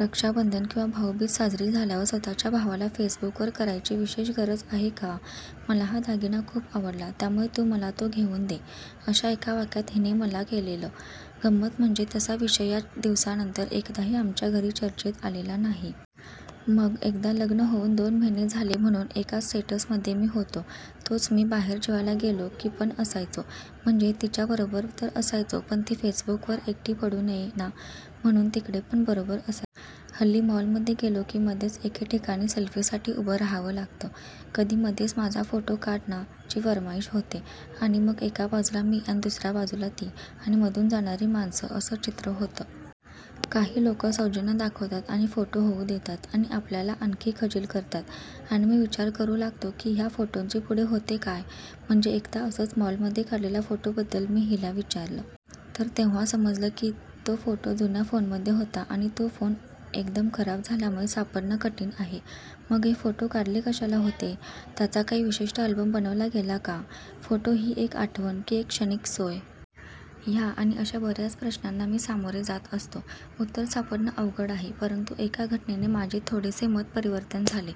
रक्षाबंधन किंवा भाऊबीज साजरी झाल्यावर स्वतःच्या भावाला फेसबुकवर करायची विशेष गरज आहे का? मला हा दागिना खूप आवडला त्यामुळे तू मला तो घेऊन दे, अशा एका वाक्यात हिने मला केलेलं. गंमत म्हणजे तसा विषय त्या दिवसानंतर एकदाही आमच्या घरी चर्चेत आलेला नाही. मग एकदा लग्न होऊन दोन महिने झाले म्हणून एका स्टेटसमध्ये मी होतो. तोच मी बाहेर जेवायला गेलो की पण असायचो. म्हणजे तिच्या बरोबर तर असायचो पण ती फेसबुकवर एकटी पडू नये न म्हणून तिकडे पण बरोबर असायचो. हल्ली मॉलमध्ये गेलो की मध्येच एके ठिकाणी सेल्फीसाठी उभं रहावं लागतं. कधी मध्येच माझा फोटो काढ ना ची फर्माइश होते आणि मग एका बाजूला मी आणि दुसऱ्या बाजूला ती आणि मधून जाणारी माणसं असं चित्र होतं. काही लोकं सौजन्य दाखवतात आणि फोटो होऊ देतात आणि आपल्याला आणखी खजील करतात. आणि मी विचार करू लागतो की ह्या फोटोंचे पुढे होते काय? म्हणजे एकदा असंच मॉलमध्ये काढलेल्या फोटोबद्दल मी हिला विचारलं. तर तेव्हा समजलं की तो फोटो जुन्या फोनमध्ये होता आणि आता तो फोन एकदम खराब झाल्यामुळे सापडणं कठीण आहे. मग हे फोटो काढले कशाला होते? त्याचा काही विशिष्ट अल्बम बनवला गेला का? फोटो ही एक आठवण की एक क्षणिक सोय? ह्या आणि अशा बऱ्याच प्रश्नांना मी सामोरे जात असतो. उत्तर सापडणं अवघड आहे. परंतु एका घटनेने माझे थोडेसे मत-परिवर्तन झाले.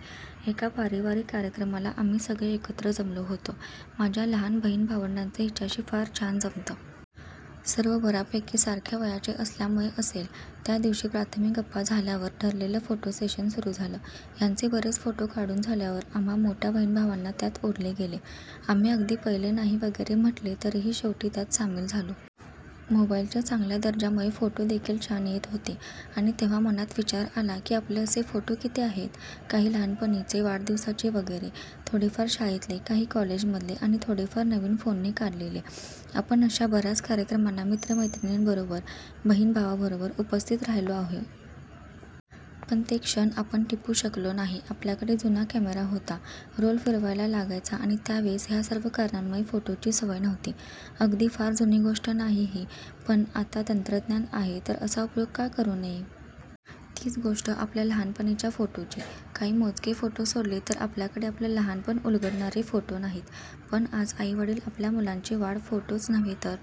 एका पारिवारिक कार्यक्रमाला आम्ही सगळे एकत्र जमलो होतो. माझ्या लहान बहिण-भावंडांचं हिच्याशी फार छान जमतं. सर्व बऱ्यापैकी सारख्या वयाचे असल्यामुळे असेल. त्या दिवशी प्राथमिक गप्पा झाल्यावर ठरलेलं फोटो सेशन सुरू झालं. ह्यांचे बरेच फोटो काढून झाल्यावर आम्हा मोठ्या बहिण-भावांना त्यात ओढले गेले. आम्ही अगदी पहिले नाही वगैरे म्हटले तरीही शेवटी त्यात सामील झालो. मोबाईलच्या चांगल्या दर्जामुळे फोटो देखील छान येत होते. आणि तेव्हा मनात विचार आला की आपले असे फोटो किती आहेत? काही लहानपणीचे वाढदिवसाचे वगैरे, थोडेफार शाळेतले काही कॉलेजमधले आणि थोडेफार नवीन फोनने काढलेले. आपण अशा बऱ्याच कार्यक्रमांना मित्र-मैत्रिणींबरोबर, बहिण-भावांबरोबर उपस्थित राहिलो आहे? पण ते क्षण आपण टिपू शकलो नाही. आपल्याकडे जुना कॅमेरा होता, रोल फिरवायला लागायचा आणि त्यावेळेस ह्या सर्व कारणांमुळे फोटोची सवय नव्हती. अगदी फार जुनी गोष्ट नाही ही. पण आता तंत्रज्ञान आहे तर असा उपयोग का करू नये? तीच गोष्ट आपल्या लहानपणीच्या फोटोंची! काही मोजके फोटो सोडले तर आपल्याकडे आपलं लहानपण उलगडणारे फोटो नाहीत. पण आज आई-वडील आपल्या मुलांची वाढ फोटोच नव्हे तर